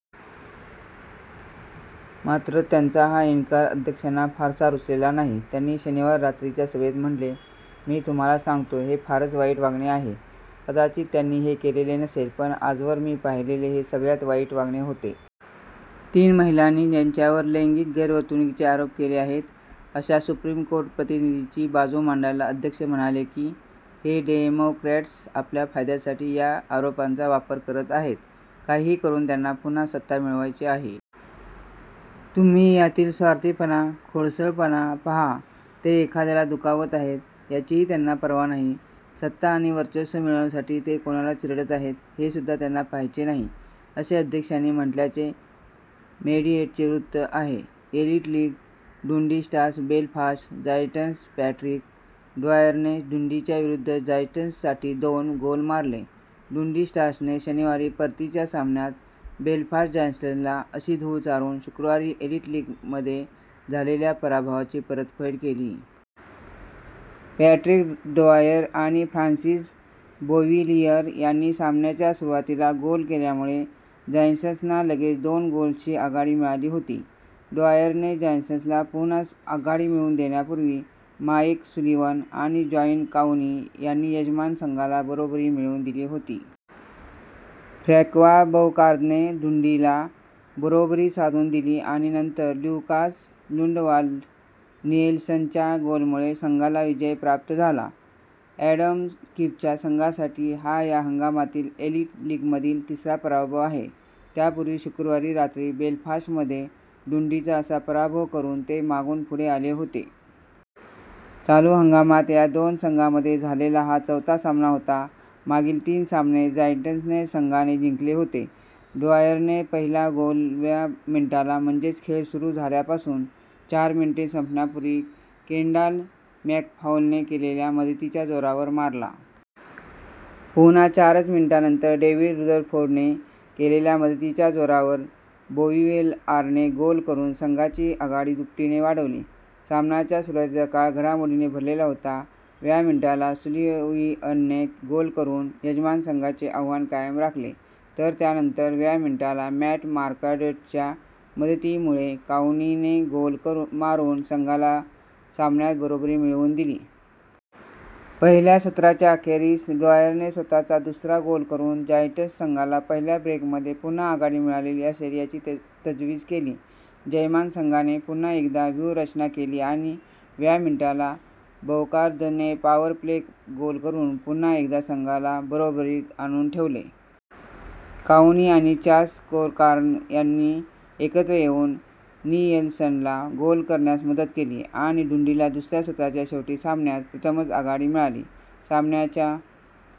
मात्र, त्यांचा हा इन्कार अध्यक्षांना फारसा रुचलेला नाही. त्यांनी शनिवार रात्रीच्या सभेत म्हटले, "मी तुम्हाला सांगतो, हे फारच वाईट वागणे आहे. " कदाचित त्यांनी हे केलेले नसेल पण आजवर मी पाहिलेले हे सगळ्यात वाईट वागणे होते. " तीन महिलांनी ज्यांच्यावर लैंगिक गैरवर्तणुकीचे आरोप केले आहेत अशा सुप्रीम कोर्ट प्रतिनिधीची बाजू मांडताना अध्यक्ष म्हणाले की हे डेमोक्रॅट्स आपल्या फायद्यासाठी या आरोपांचा वापर करत आहेत. काहीही करून त्यांना पुन्हा सत्ता मिळवायची आहे. तुम्ही यातील स्वार्थीपणा, खोडसाळपणा पहा, ते एखाद्याला दुखावत आहेत, याचीही त्यांना पर्वा नाही, सत्ता आणि वर्चस्व मिळवण्यासाठी ते कोणाला चिरडत आहेत, हेसुद्धा त्यांना पहायचे नाही," असे अध्यक्षांनी म्हटल्याचे मेडिएटचे वृत्त आहे. Elite League: Dundee Stars Belfast Giants Patrick ड्वायरने डुंडीच्या विरुद्ध जायंट्ससाठी दोन गोल मारले डुंडी स्टार्सने शनिवारी परतीच्या सामन्यात बेलफास्ट जायंट्सला अशी धूळ चारून शुक्रवारी एलीट लीगमध्ये झालेल्या पराभवाची परतफेड केली. पॅट्रिक ड्वायर आणि फ्रान्सिस बोविलीअर यांनी सामन्याच्या सुरुवातीला गोल केल्यामुळे जायंट्सना लगेचच दोन गोल्सची आघाडी मिळाली होती. ड्वायरने जायंट्सला पुन्हा आघाडी मिळवून देण्यापूर्वी माइक सुलीवन आणि जॉर्डन काउनी यांनी यजमान संघाला बरोबरी मिळवून दिली होती. फ्रँक्वा बौकार्दने डुंडीला बरोबरी साधून दिली आणि नंतर ल्युकास लुंडवाल्ड निएल्सनच्या गोलमुळे संघाला विजय प्राप्त झाला. अॅडम कीफच्या संघासाठी हा या हंगामातील एलीट लीगमधील तिसरा पराभव आहे. त्यापूर्वी शुक्रवारी रात्री बेलफास्टमध्ये डुंडीचा असा पराभव करून ते मागून पुढे आले होते. चालू हंगामात या दोन संघांमध्ये झालेला हा चौथा सामना होता. मागील तीन सामने जायंट्स संघाने जिंकले होते. ड्वायरने पहिला गोल व्या मिनिटाला म्हणजेच खेळ सुरू झाल्यापासून चार मिनिटे संपण्यापूर्वी केंडाल मॅकफाउलने केलेल्या मदतीच्या जोरावर मारला. पुन्हा चारच मिनिटांनंतर डेव्हिड रुदरफोर्डने केलेल्या मदतीच्या जोरावर बोविलीआरने गोल करून संघाची आघाडी दुपटीने वाढवली. सामन्याचा सुरुवातीचा काळ घडामोडींनी भरलेला होता.: व्या मिनिटाला सुलिवीअनने गोल करून यजमान संघाचे आव्हान कायम राखले, तर त्यानंतर: व्या मिनिटाला मॅट मार्कार्ड्टच्या मदतीमुळे काउनीने गोल मारून संघाला सामन्यात बरोबरी मिळवून दिली. पहिल्या सत्राच्या अखेरीस ड्वायरने स्वत:चा दुसरा गोल करून जायंट्स संघाला पहिल्या ब्रेकमध्ये पुन्हा आघाडी मिळालेली असेल याची तजवीज केली. "जयमान संघाने पुन्हा एकदा व्यूहरचना केली आणि: व्या मिनिटाला बौकार्दने पॉवर प्ले गोल करून पुन्हा एकदा संघाला बरोबरीत आणून ठेवले. " काउनी आणि चार्ल्स कोरकारन यांनी एकत्र येऊन नीएलसनला गोल करण्यास मदत केली आणि डुंडीला दुसऱ्या सत्राच्या शेवटी सामन्यात प्रथमच आघाडी मिळाली. सामन्याच्या